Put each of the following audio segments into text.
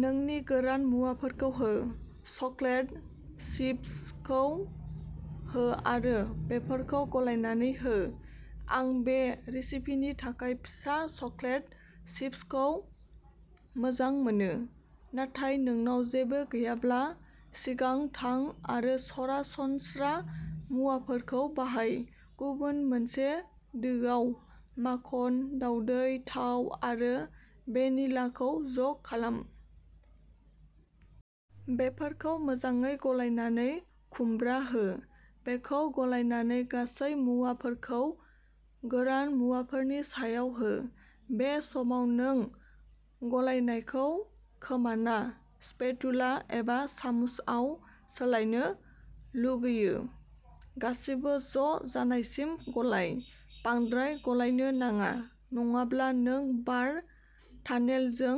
नोंनि गोरान मुवाफोरखौ हो। चकलेट चिप्सखौ हो आरो बेफोरखौ गलायनानै हो। आं बे रेसिपिनि थाखाय फिसा चकलेट चिप्सखौ मोजां मोनो, नाथाय नोंनाव जेबो गैयाब्ला, सिगां थां आरो सरासनस्रा मुवाफोरखौ बाहाय। गुबुन मोनसे दोआव, माखन, दाउदै, थाव आरो भेनिलाखौ ज' खालाम। बेफोरखौ मोजाङै गलायनानै खुमब्रा हो। बेखौ गलायनानै, गासै मुवाफोरखौ गोरान मुवाफोरनि सायाव हो। बे समाव नों गलायनायखौ खोमाना स्पेटुला एबा सामुसआव सोलायनो लुगैयो। गासिबो ज' जानायसिम गलाय। बांद्राय गलायनो नाङा नङाब्ला नों बार टानेलजों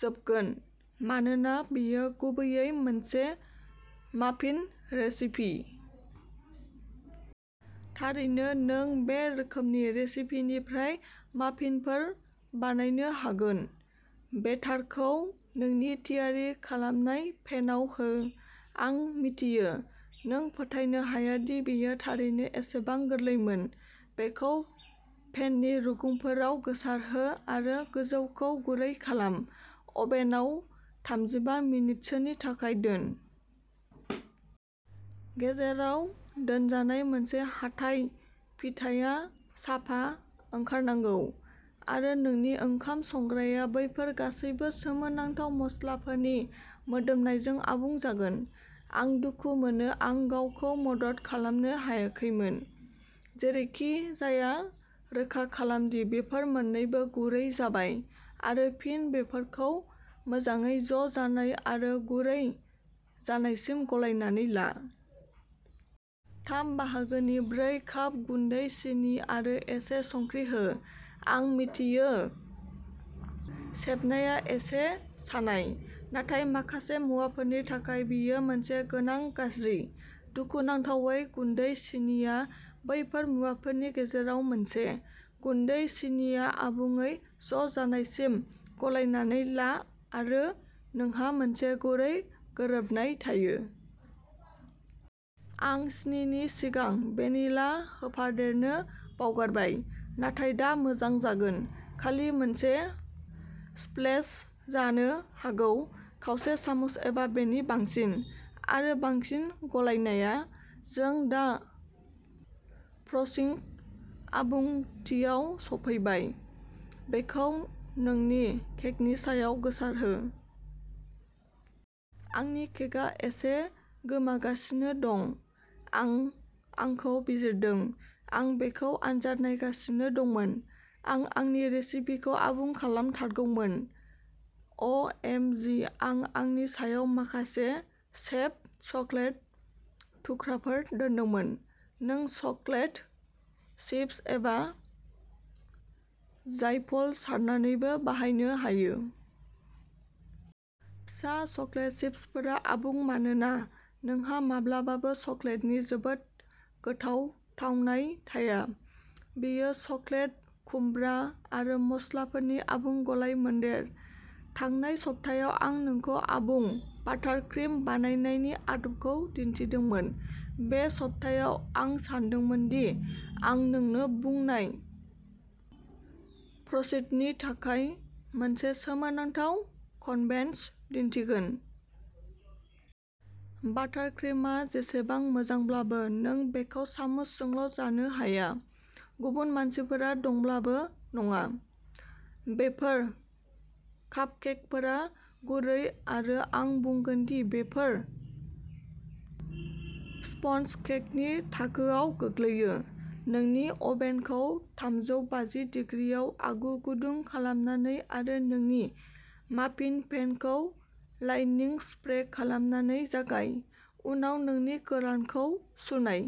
जोबगोन मानोना बेयो गुबैयै मोनसे माफिन रेसिपि। थारैनो नों बे रोखोमसे रेसिपिनिफ्राय माफिनफोर बानायनो हागोन। बेटारखौ नोंनि थियारि खालामनाय पेनआव हो। आं मिथियो, नों फोथायनो हाया दि बेयो थारैनो एसेबां गोरलैमोन। बेखौ पेननि रुगुंफोराव गोसारहो आरो गोजौखौ गुरै खालाम। अभेनआव थामजिबा मिनिटसोनि थाखाय दोन। गेजेराव दोनजानाय मोनसे हाथाइ फिथाया साफा ओंखारनांगौ, आरो नोंनि ओंखाम संग्राया बैफोर गासैबो सोमोनांथाव मस्लाफोरनि मोदोमनायजों आबुं जागोन। आं दुखु मोनो आं गावखौ मदद खालामनो हायाखैमोन। जेरैखिजाया, रोखा खालाम दि बेफोर मोननैबो गुरै जाबाय आरो फिन बेफोरखौ मोजाङै ज' जानाय आरो गुरै जानायसिम गलायनानै ला। थाम बाहागोनि ब्रै काप गुन्दै सिनि आरो एसे संख्रि हो। आं मिथियो, सेबनाया एसे सानाय, नाथाय माखासे मुवाफोरनि थाखाय बेयो मोनसे गोनां गाज्रि। दुखुनांथावै, गुन्दै सिनिआ बैफोर मुवाफोरनि गेजेराव मोनसे। गुन्दै सिनिआ आबुङै ज'जानायसिम गलायनानै ला आरो नोंहा मोनसे गुरै गोरोबनाय थायो। आं सिनिनि सिगां भेनिला होफादेरनो बावगारबाय, नाथाय दा मोजां जागोन। खालि मोनसे स्प्लेश जानो हागौ खावसे सामुस एबा बेनि बांसिन। आरो बांसिन गलायनाया। जों दा फ्रसिं आबुंथियाव सफैबाय। बेखौ नोंनि केकनि सायाव गोसारहो। आंनि केकआ एसे गोमागासिनो दं। आं आंखौ बिजिरदों। आं बेखौ आनजाद नायगासिनो दंमोन। आं आंनि रेसिपिखौ आबुं खालामथारगौमोन। अ एम जि आं आंनि सायाव माखासे शेभ्ड चकलेट थुख्राफोर दोनदोंमोन। नों चकलेट चिप्स एबा जायफल सारनानैबो बाहायनो हायो। फिसा चकलेट चिप्सफोरा आबुं मानोना नोंहा माब्लाबाबो चकलेटनि जोबोद गोथाव थावनाय थाया। बेयो चकलेट, खुमब्रा आरो मस्लाफोरनि आबुं गलायमोन्देर। थांनाय सप्तायाव आं नोंखौ आबुं बाटारक्रिम बानायनायनि आदबखौ दिन्थिदोंमोन। बे सप्तायाव, आं सानदोंमोन दि आं नोंनो बुंनाय फ्रसेटनि थाखाय मोनसे सोमोनांथाव कन्भेन्स दिन्थिगोन। बाटारक्रिमआ जेसेबां मोजांब्लाबो, नों बेखौ सामुसजोंल' जानो हाया। गुबुन मानसिफोरा दंब्लाबो नङा। बेफोर कापकेकफोरा गुरै आरो आं बुंगोन दि बेफोर स्पन्ज केकनि थाखोआव गोग्लैयो। नोंनि अभेनखौ थामजौ बाजि दिग्रिआव आगु गुदुं खालामनानै आरो नोंनि माफिन पेनखौ लाइनिं स्प्रे खालामनानै जागाय। उनाव नोंनि गोरानखौ सुरनाय।